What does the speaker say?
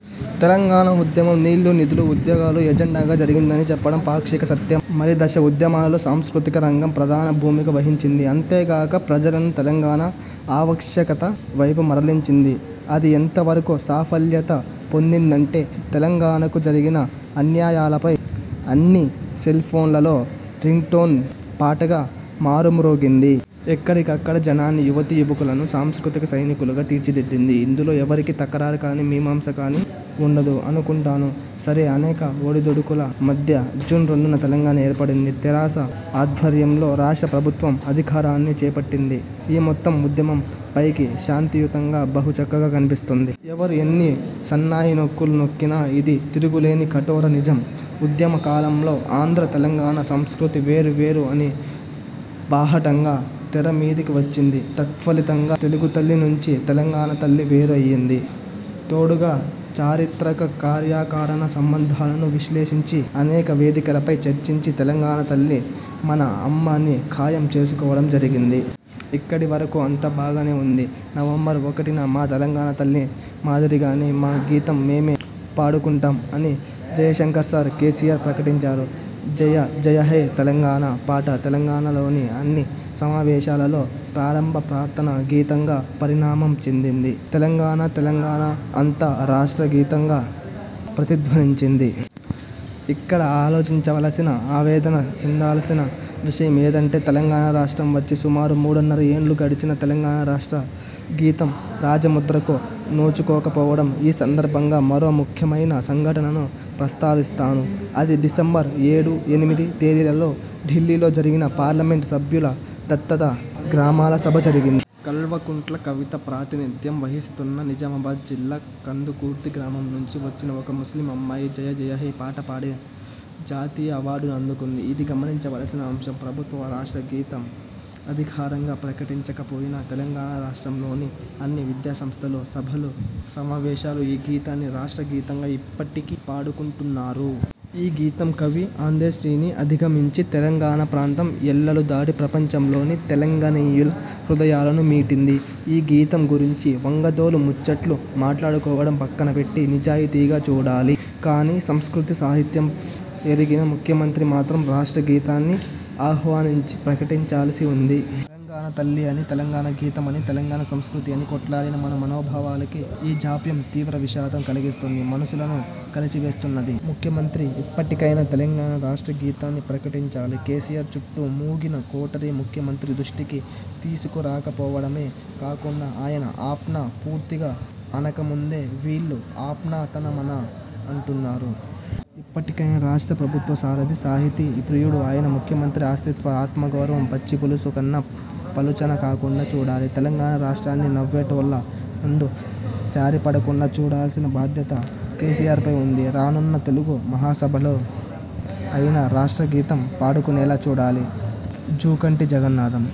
తెలంగాణ ఉద్యమం 'నీళ్లు, నిధులు, ఉద్యోగాలు' ఎజెండాగా జరిగిందని చెప్పడం పాక్షిక సత్యం. మలి దశ ఉద్యమాలలో సాంస్కృతిక రంగం ప్రధాన భూమిక వహించింది. అంతేగాక ప్రజలను తెలంగాణ ఆవశ్యకత వైపు మరలించింది. అది ఎంత వరకు సాఫల్యత పొందిందంటే తెలంగాణకు జరిగిన అన్యాయాలపై అన్ని సెల్ఫోన్లలో రింగ్టోన్ పాటగా మారుమ్రోగింది. ఎక్కడికక్కడ జనాన్ని యువతీ యువకులను సాంస్కృతిక సైనికులుగా తీర్చిదిద్దింది. ఇందులో ఎవరికీ 'తకరార్' గానీ మీమాంస కానీ వుండదు అనుకుంటాను. సరే! అనేక ఒడిదొడుకుల మధ్య జూన్ రెండు న తెలంగాణ ఏర్ప డింది. తెరాస ఆధ్వర్యంలో రాష్ట్ర ప్రభుత్వం అధికారాన్ని చేపట్టింది. ఈ మొత్తం ఉద్యమం పైకి శాంతియుతంగా బహు చక్కగా కనిపిస్తుంది. ఎవరు ఎన్ని సన్నాయి నొక్కులు నొక్కినా ఇది తిరుగులేని కఠోర నిజం. ఉద్యమ కాలంలో ఆంధ్ర -తెలంగాణ సంస్కృతి వేరువేరు అని బాహటంగా తెర మీదికి వచ్చింది. తత్ఫలితంగా తెలుగుతల్లి నుంచి తెలంగాణతల్లి వేరు అయ్యింది. తోడుగా చారిత్రక కార్యాకారణ సంబంధాలను విశ్లేషించి అనేక వేదికలపై చర్చించి తెలంగాణతల్లి మన అమ్మ అని ఖాయం చేసుకోవడం జరిగింది. ఇక్కడి వరకు అంతా బాగానే జరిగింది. నవంబర్ ఒకటి న మా తెలంగాణ తల్లి మాదిరిగానే మా గీతం మేమే పాడుకుంటాం అని జయశంకర్ సార్, కేసీఆర్ ప్రకటించారు. 'జయ జయహే తెలంగాణ' పాట తెలంగాణలోని అన్ని సమావేశాలలో ప్రారంభ ప్రార్థన గీతంగా పరిణామం చెందింది. తెలంగాణ తెలంగాణ అంతా రాష్ట్ర గీతంగా ప్రతిధ్వనించింది. ఇక్కడ ఆలోచించవలసిన, ఆవేదన చెందాల్సిన విషయం ఏదంటే తెలంగాణ రాష్ట్రం వచ్చి సుమారు మూడున్నర ఏండ్లు గడిచినా తెలంగాణ రాష్ట్ర గీతం రాజముద్రకు నోచుకోకపోవడం. ఈ సందర్భంగా మరో ముఖ్యమైన సంఘటనను ప్రస్తావిస్తాను. అది డిసెంబర్ ఏడు ఎనిమిది తేదీలలో ఢిల్లీలో జరిగిన పార్లమెంట్ సభ్యుల దత్తత గ్రామాల సభ జరిగింది. కల్వకుంట్ల కవిత ప్రాతినిధ్యం వహిస్తున్న నిజామాబాద్ జిల్లా కందకుర్తి గ్రామం నుంచి వచ్చిన ఒక ముస్లిం అమ్మాయి 'జయ జయహే' పాట పాడి జాతీయ అవార్డును అందుకుంది. ఇది గమనించవలసిన అంశం. ప్రభుత్వం రాష్ట్ర గీతం అధికారికంగా ప్రకటించకపోయినా తెలంగాణ రాష్ట్రంలోని అన్ని విద్యాసంస్థలు, సభలు, సమావేశాలు ఈ గీతాన్ని రాష్ట్ర గీతంగా ఇప్పటికీ పాడుకుంటున్నారు. ఈ గీతం కవి అందెశ్రీని అధిగమించి తెలంగాణ ప్రాంతం ఎల్లలు దాటి ప్రపంచంలోని తెలంగాణీయుల హృదయాలను మీటింది. ఈ గీతం గురించి 'వంగదోలు' ముచ్చట్లు మాట్లాడుకోవడం పక్కనపెట్టి నిజాయితీగా చూడాలి. కానీ సంస్కృతి సాహిత్యం ఎరిగిన ముఖ్యమంత్రి మాత్రం రాష్ట్ర గీతాన్ని ఆహ్వానించి ప్రకటించాల్సి వుంది. తెలంగాణ తల్లి అని, తెలంగాణ గీతం అని, తెలంగాణ సంస్కృతి అని కొట్లాడిన మన మనోభావాలకు ఈ జాప్యం తీవ్ర విఘాతం కలిగిస్తుంది, మనసులను కలిచివేస్తున్నది. ముఖ్యమంత్రి ఇప్పటికైనా తెలంగాణ రాష్ట్ర గీతాన్ని ప్రకటించాలి. కేసీఆర్ చుట్టూ మూగిన 'కోటరీ' ముఖ్యమంత్రి దృష్టికి తీసుకురాకపోవడమే కాకుండా ఆయన 'అప్నా' పూర్తిగా అనక ముందే వీళ్లు 'అప్నా తనా మనా' అంటున్నారు. ఇప్పటికైనా రాష్ట్ర ప్రభుత్వ సారథి, సాహితీ ప్రియుడు అయిన ముఖ్యమంత్రి అస్తిత్వ ఆత్మ గౌరవం పచ్చిపులుసు కన్నా పలుచన కాకుండా చూడాలి. తెలంగాణ రాష్ట్రాన్ని 'నవ్వేటోల్ల ముందు జారిపడకుండా' చూడాల్సిన బాధ్యత కేసీఆర్పై వుంది. రానున్న తెలుగు మహాసభలలో అయినా రాష్ట్రగీతం పాడుకునేలా చూడాలి. జూకంటి జగన్నాథం।